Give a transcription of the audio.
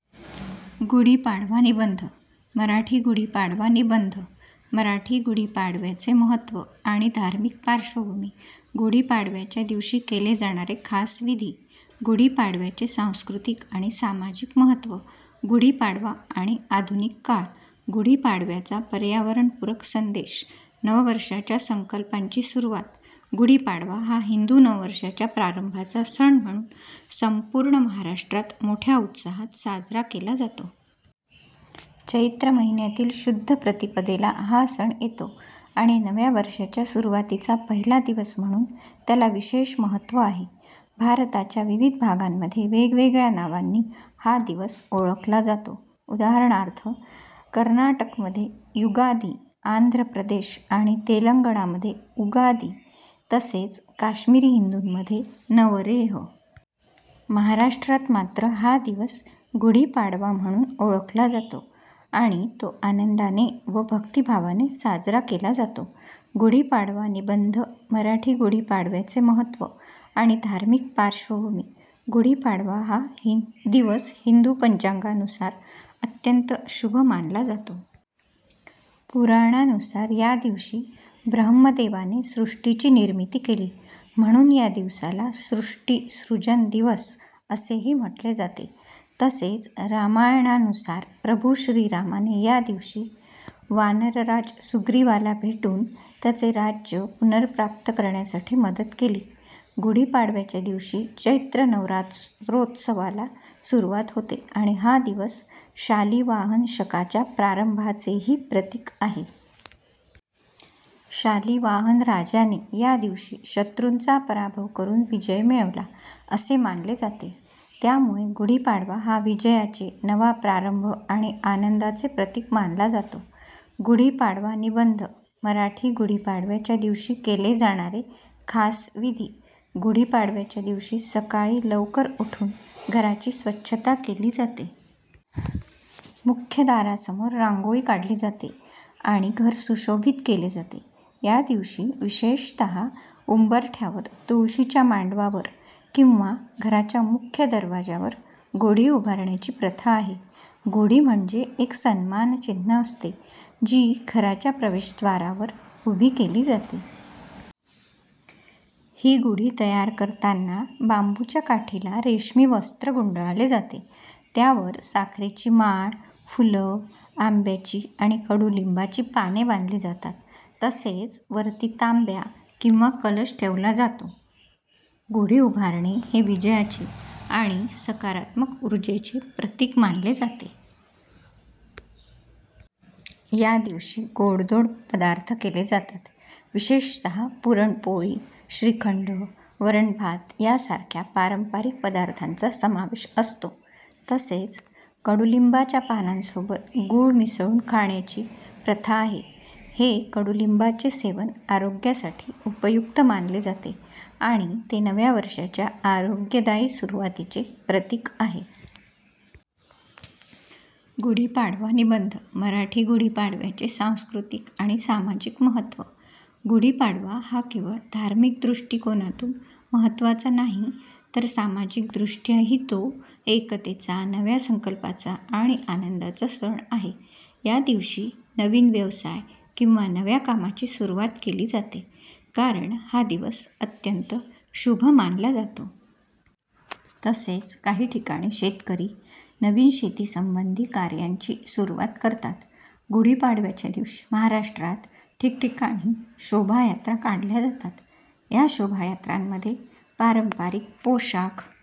गुढीपाडवा निबंध मराठी गुढीपाडवा निबंध मराठी गुढीपाडव्याचे महत्त्व आणि धार्मिक पार्श्वभूमी गुढीपाडव्याच्या दिवशी केले जाणारे खास विधी गुढीपाडव्याचे सांस्कृतिक आणि सामाजिक महत्त्व गुढीपाडवा आणि आधुनिक काळ गुढीपाडव्याचा पर्यावरणपूरक संदेश नववर्षाच्या संकल्पांची सुरुवात गुढीपाडवा हा हिंदू नववर्षाच्या प्रारंभाचा सण म्हणून संपूर्ण महाराष्ट्रात मोठ्या उत्साहात साजरा केला जातो. चैत्र महिन्यातील शुद्ध प्रतिपदेला हा सण येतो आणि नव्या वर्षाच्या सुरुवातीचा पहिला दिवस म्हणून त्याला विशेष महत्त्व आहे. भारताच्या विविध भागांमध्ये वेगवेगळ्या नावांनी हा दिवस ओळखला जातो, उदा. कर्नाटकमध्ये युगादी, आंध्रप्रदेश आणि तेलंगणामध्ये उगादी, तसेच काश्मिरी हिंदूंमध्ये नवरेह. महाराष्ट्रात मात्र हा दिवस गुढीपाडवा म्हणून ओळखला जातो आणि तो आनंदाने व भक्तिभावाने साजरा केला जातो. गुढीपाडवा निबंध मराठी गुढीपाडव्याचे महत्त्व आणि धार्मिक पार्श्वभूमी गुढीपाडवा हा दिवस हिंदू पंचांगानुसार अत्यंत शुभ मानला जातो. पुराणांनुसार या दिवशी ब्रह्मदेवाने सृष्टीची निर्मिती केली, म्हणून या दिवसाला सृष्टी सृजन दिवस असेही म्हटले जाते. तसेच, रामायणानुसार प्रभू श्रीरामाने या दिवशी वानरराज सुग्रीवाला भेटून त्याचे राज्य पुनर्प्राप्त करण्यासाठी मदत केली. गुढीपाडव्याच्या दिवशी चैत्र नवरात्रोत्सवाला सुरुवात होते आणि हा दिवस शालिवाहन शकाच्या प्रारंभाचेही प्रतीक आहे. शालिवाहन राजाने या दिवशी शत्रूंचा पराभव करून विजय मिळवला, असे मानले जाते. त्यामुळे गुढीपाडवा हा विजयाचे, नवा प्रारंभ आणि आनंदाचे प्रतीक मानला जातो. गुढीपाडवा निबंध मराठी गुढीपाडव्याच्या दिवशी केले जाणारे खास विधी गुढीपाडव्याच्या दिवशी सकाळी लवकर उठून घराची स्वच्छता केली जाते. मुख्य दारासमोर रांगोळी काढली जाते आणि घर सुशोभित केले जाते. या दिवशी विशेषतः उंबरठ्यावर तुळशीच्या मांडवावर किंवा घराच्या मुख्य दरवाज्यावर गुढी उभारण्याची प्रथा आहे. गुढी म्हणजे एक सन्मानचिन्ह असते, जी घराच्या प्रवेशद्वारावर उभी केली जाते. ही गुढी तयार करताना बांबूच्या काठीला रेशमी वस्त्र गुंडाळले जाते, त्यावर साखरेची माळ, फुलं, आंब्याची आणि कडुलिंबाची पाने बांधली जातात, तसेच वरती तांब्या किंवा कलश ठेवला जातो. गुढी उभारणे हे विजयाचे आणि सकारात्मक ऊर्जेचे प्रतीक मानले जाते. या दिवशी गोडधोड पदार्थ केले जातात. विशेषतः पुरणपोळी, श्रीखंड, वरण भात यासारख्या पारंपरिक पदार्थांचा समावेश असतो. तसेच, कडुलिंबाच्या पानांसोबत गूळ मिसळून खाण्याची प्रथा आहे. हे कडुलिंबाचे सेवन आरोग्यासाठी उपयुक्त मानले जाते आणि ते नव्या वर्षाच्या आरोग्यदायी सुरुवातीचे प्रतीक आहे. गुढीपाडवा निबंध मराठी गुढीपाडव्याचे सांस्कृतिक आणि सामाजिक महत्त्व गुढीपाडवा हा केवळ धार्मिक दृष्टिकोनातून महत्त्वाचा नाही, तर सामाजिकदृष्ट्याही तो एकतेचा, नव्या संकल्पांचा आणि आनंदाचा सण आहे. या दिवशी नवीन व्यवसाय किंवा नव्या कामाची सुरुवात केली जाते, कारण हा दिवस अत्यंत शुभ मानला जातो. तसेच, काही ठिकाणी शेतकरी नवीन शेतीसंबंधी कार्यांची सुरुवात करतात. गुढीपाडव्याच्या दिवशी महाराष्ट्रात ठिकठिकाणी शोभायात्रा काढल्या जातात. या शोभायात्रांमध्ये पारंपरिक पोशाख